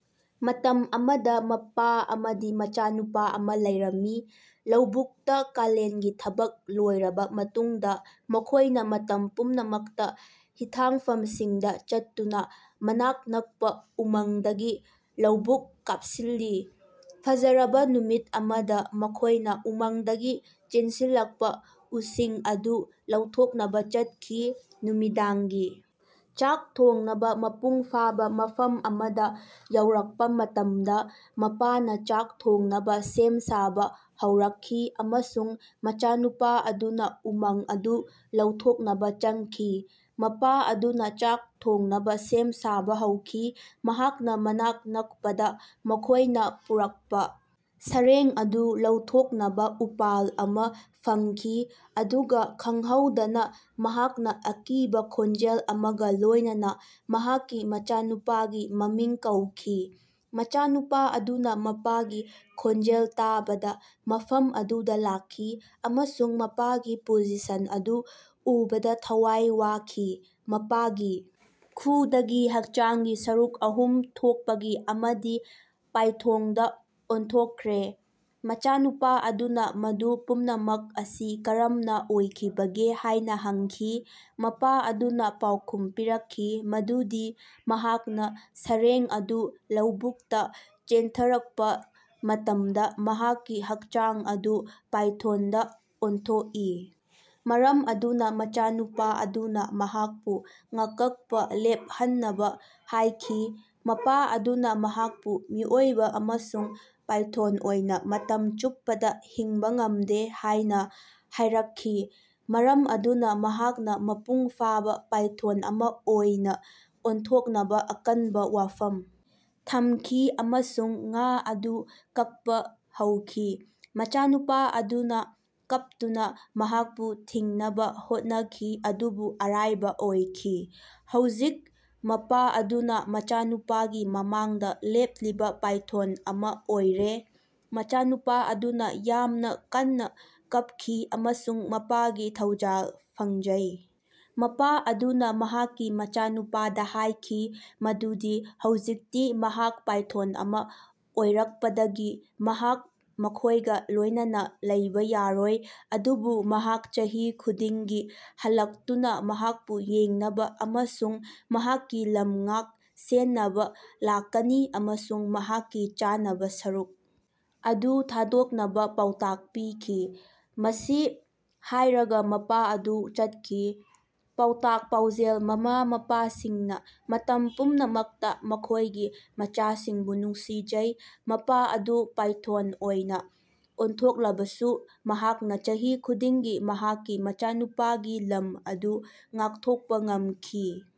ꯃꯇꯝ ꯑꯃꯗꯥ ꯃꯄꯥ ꯑꯃꯗꯤ ꯃꯆꯥꯅꯨꯄꯥ ꯑꯃꯥ ꯂꯩꯔꯝꯃꯤ꯫ ꯂꯧꯕꯨꯛꯇꯥ ꯀꯥꯂꯦꯟꯒꯤ ꯊꯕꯛ ꯂꯣꯏꯔꯕꯥ ꯃꯇꯨꯡꯗꯥ ꯃꯈꯣꯏꯅꯥ ꯃꯇꯝ ꯄꯨꯝꯅꯃꯛꯇꯥ ꯍꯤꯊꯥꯡꯐꯝꯁꯤꯡꯗꯥ ꯆꯠꯇꯨꯅꯥ ꯃꯅꯥꯛ ꯅꯛꯄꯥ ꯎꯃꯪꯗꯒꯤ ꯂꯧꯕꯨꯛ ꯀꯥꯞꯁꯤꯜꯂꯤ꯫ ꯐꯖꯔꯕꯥ ꯅꯨꯃꯤꯠ ꯑꯃꯗꯥ ꯃꯈꯣꯏꯅꯥ ꯎꯃꯪꯗꯒꯤ ꯆꯦꯟꯁꯤꯜꯂꯛꯄꯥ ꯎꯁꯤꯡ ꯑꯗꯨ ꯂꯧꯊꯣꯛꯅꯕꯥ ꯆꯠꯈꯤ꯫ ꯅꯨꯃꯤꯗꯥꯡꯒꯤ ꯆꯥꯛ ꯊꯣꯡꯅꯕꯥ ꯃꯄꯨꯡ ꯐꯥꯕꯥ ꯃꯐꯝ ꯑꯃꯗꯥ ꯌꯧꯔꯛꯄꯥ ꯃꯇꯝꯗꯥ ꯃꯄꯥꯅꯥ ꯆꯥꯛ ꯊꯣꯡꯅꯕꯥ ꯁꯦꯝ ꯁꯥꯕꯥ ꯍꯧꯔꯛꯈꯤ ꯑꯃꯁꯨꯡ ꯃꯆꯥꯅꯨꯄꯥ ꯑꯗꯨꯅꯥ ꯎꯃꯪ ꯑꯗꯨ ꯂꯧꯊꯣꯛꯅꯕꯥ ꯆꯪꯈꯤ꯫ ꯃꯄꯥ ꯑꯗꯨꯅꯥ ꯆꯥꯛ ꯊꯣꯡꯅꯕꯥ ꯁꯦꯝ ꯁꯥꯕꯥ ꯍꯧꯈꯤ꯫ ꯃꯍꯥꯛꯅꯥ ꯃꯅꯥꯛ ꯅꯛꯄꯗꯥ ꯃꯈꯣꯏꯅꯥ ꯄꯨꯔꯛꯄꯥ ꯁꯥꯔꯦꯡ ꯑꯗꯨ ꯂꯧꯊꯣꯛꯅꯕꯥ ꯎꯄꯥꯜ ꯑꯃꯥ ꯐꯪꯈꯤ ꯑꯗꯨꯒꯥ ꯈꯪꯍꯧꯗꯅꯥ ꯃꯍꯥꯛꯅꯥ ꯑꯀꯤꯕꯥ ꯈꯣꯟꯖꯦꯜ ꯑꯃꯒꯥ ꯂꯣꯏꯅꯅꯥ ꯃꯍꯥꯛꯀꯤ ꯃꯆꯥꯅꯨꯄꯥꯒꯤ ꯃꯃꯤꯡ ꯀꯧꯈꯤ꯫ ꯃꯆꯥꯅꯨꯄꯥ ꯑꯗꯨꯅꯥ ꯃꯄꯥꯒꯤ ꯈꯣꯟꯖꯦꯜ ꯇꯥꯕꯗꯥ ꯃꯐꯝ ꯑꯗꯨꯗꯥ ꯂꯥꯛꯈꯤ ꯑꯃꯁꯨꯡ ꯃꯄꯥꯒꯤ ꯄꯣꯖꯤꯁꯟ ꯑꯗꯨ ꯎꯕꯗꯥ ꯊꯋꯥꯏ ꯋꯥꯈꯤ꯫ ꯃꯄꯥꯒꯤ ꯈꯨꯎꯗꯒꯤ ꯍꯛꯆꯥꯡꯒꯤ ꯁꯔꯨꯛ ꯑꯍꯨꯝ ꯊꯣꯛꯄꯒꯤ ꯑꯃꯗꯤ ꯄꯥꯏꯊꯣꯡꯗꯥ ꯑꯣꯟꯊꯣꯛꯈ꯭ꯔꯦ꯫ ꯃꯆꯥꯅꯨꯄꯥ ꯑꯗꯨꯅꯥ ꯃꯗꯨ ꯄꯨꯝꯅꯃꯛ ꯑꯁꯤ ꯀꯔꯝꯅꯥ ꯑꯣꯏꯈꯤꯕꯒꯦ ꯍꯥꯏꯅꯥ ꯍꯪꯈꯤ꯫ ꯃꯄꯥ ꯑꯗꯨꯅꯥ ꯄꯥꯎꯈꯨꯝ ꯄꯤꯔꯛꯈꯤ ꯃꯗꯨꯗꯤ ꯃꯍꯥꯛꯅꯥ ꯁꯥꯔꯦꯡ ꯑꯗꯨ ꯂꯧꯕꯨꯛꯇꯥ ꯆꯦꯟꯊꯔꯛꯄꯥ ꯃꯇꯝꯗꯥ ꯃꯍꯥꯛꯀꯤ ꯍꯛꯆꯥꯡ ꯑꯗꯨ ꯄꯥꯏꯊꯣꯟꯗꯥ ꯑꯣꯟꯊꯣꯛꯏ ꯃꯔꯝ ꯑꯗꯨꯅꯥ ꯃꯆꯥꯅꯨꯄꯥ ꯑꯗꯨꯅꯥ ꯃꯍꯥꯛꯄꯨ ꯉꯥ ꯀꯛꯄꯥ ꯂꯦꯞꯍꯟꯅꯕꯥ ꯍꯥꯏꯈꯤ꯫ ꯃꯄꯥ ꯑꯗꯨꯅꯥ ꯃꯍꯥꯛꯄꯨ ꯃꯤꯑꯣꯏꯕꯥ ꯑꯃꯁꯨꯡ ꯄꯥꯏꯊꯣꯟ ꯑꯣꯏꯅꯥ ꯃꯇꯝ ꯆꯨꯞꯄꯗꯥ ꯍꯤꯡꯕꯥ ꯉꯝꯗꯦ ꯍꯥꯏꯅꯥ ꯍꯥꯏꯔꯛꯈꯤ ꯃꯔꯝ ꯑꯗꯨꯅꯥ ꯃꯍꯥꯛꯅꯥ ꯃꯄꯨꯡ ꯐꯥꯕꯥ ꯄꯥꯏꯊꯣꯟ ꯑꯃꯥ ꯑꯣꯏꯅꯥ ꯑꯣꯟꯊꯣꯛꯅꯕꯥ ꯑꯀꯟꯕꯥ ꯋꯥꯐꯝ ꯊꯝꯈꯤ ꯑꯃꯁꯨꯡ ꯉꯥ ꯑꯗꯨ ꯀꯛꯄꯥ ꯍꯧꯈꯤ꯫ ꯃꯆꯥꯅꯨꯄꯥ ꯑꯗꯨꯅꯥ ꯀꯞꯇꯨꯅꯥ ꯃꯍꯥꯛꯄꯨ ꯊꯤꯡꯅꯕꯥ ꯍꯣꯠꯅꯈꯤ ꯑꯗꯨꯕꯨ ꯑꯔꯥꯏꯕꯥ ꯑꯣꯏꯈꯤ꯫ ꯍꯧꯖꯤꯛ ꯃꯄꯥ ꯑꯗꯨꯅꯥ ꯃꯆꯥꯅꯨꯄꯥꯒꯤ ꯃꯃꯥꯡꯗꯥ ꯂꯦꯞꯂꯤꯕꯥ ꯄꯥꯏꯊꯣꯟ ꯑꯃꯥ ꯑꯣꯏꯔꯦ꯫ ꯃꯆꯥꯅꯨꯄꯥ ꯑꯗꯨꯅꯥ ꯌꯥꯝꯅꯥ ꯀꯟꯅꯥ ꯀꯞꯈꯤ ꯑꯃꯁꯨꯡ ꯃꯄꯥꯒꯤ ꯊꯧꯖꯥꯜ ꯐꯪꯖꯩ꯫ ꯃꯄꯥ ꯑꯗꯨꯅꯥ ꯃꯍꯥꯛꯀꯤ ꯃꯆꯥꯅꯨꯄꯥꯗꯥ ꯍꯥꯏꯈꯤ ꯃꯗꯨꯗꯤ ꯍꯧꯖꯤꯛꯇꯤ ꯃꯍꯥꯛ ꯄꯥꯏꯊꯣꯟ ꯑꯃꯥ ꯑꯣꯏꯔꯛꯄꯗꯒꯤ ꯃꯍꯥꯛ ꯃꯈꯣꯏꯒꯥ ꯂꯣꯏꯅꯅꯥ ꯂꯩꯕꯥ ꯌꯥꯔꯣꯏ ꯑꯗꯨꯕꯨ ꯃꯍꯥꯛ ꯆꯍꯤ ꯈꯨꯗꯤꯡꯒꯤ ꯍꯜꯂꯛꯇꯨꯅꯥ ꯃꯍꯥꯛꯄꯨ ꯌꯦꯡꯅꯕꯥ ꯑꯃꯁꯨꯡ ꯃꯍꯥꯛꯀꯤ ꯂꯝ ꯉꯥꯛ ꯁꯦꯟꯅꯕꯥ ꯂꯥꯛꯀꯅꯤ ꯑꯃꯁꯨꯡ ꯃꯍꯥꯛꯀꯤ ꯆꯥꯅꯕꯥ ꯁꯔꯨꯛ ꯑꯗꯨ ꯊꯥꯗꯣꯛꯅꯕꯥ ꯄꯥꯎꯇꯥꯛ ꯄꯤꯈꯤ꯫ ꯃꯁꯤ ꯍꯥꯏꯔꯒꯥ ꯃꯄꯥ ꯑꯗꯨ ꯆꯠꯈꯤ꯫ ꯄꯥꯎꯇꯥꯛ ꯄꯥꯎꯖꯦꯜ ꯃꯃꯥ ꯃꯄꯥꯁꯤꯡꯅꯥ ꯃꯇꯝ ꯄꯨꯝꯅꯃꯛꯇꯥ ꯃꯈꯣꯏꯒꯤ ꯃꯆꯥꯁꯤꯡꯕꯨ ꯅꯨꯡꯁꯤꯖꯩ꯫ ꯃꯄꯥ ꯑꯗꯨ ꯄꯥꯏꯊꯣꯟ ꯑꯣꯏꯅꯥ ꯑꯣꯟꯊꯣꯛꯂꯕꯁꯨ ꯃꯍꯥꯛꯅꯥ ꯆꯍꯤ ꯈꯨꯗꯤꯡꯒꯤ ꯃꯍꯥꯛꯀꯤ ꯃꯆꯥꯅꯨꯄꯥꯒꯤ ꯂꯝ ꯑꯗꯨ ꯉꯥꯛꯊꯣꯛꯄꯥ ꯉꯝꯈꯤ꯫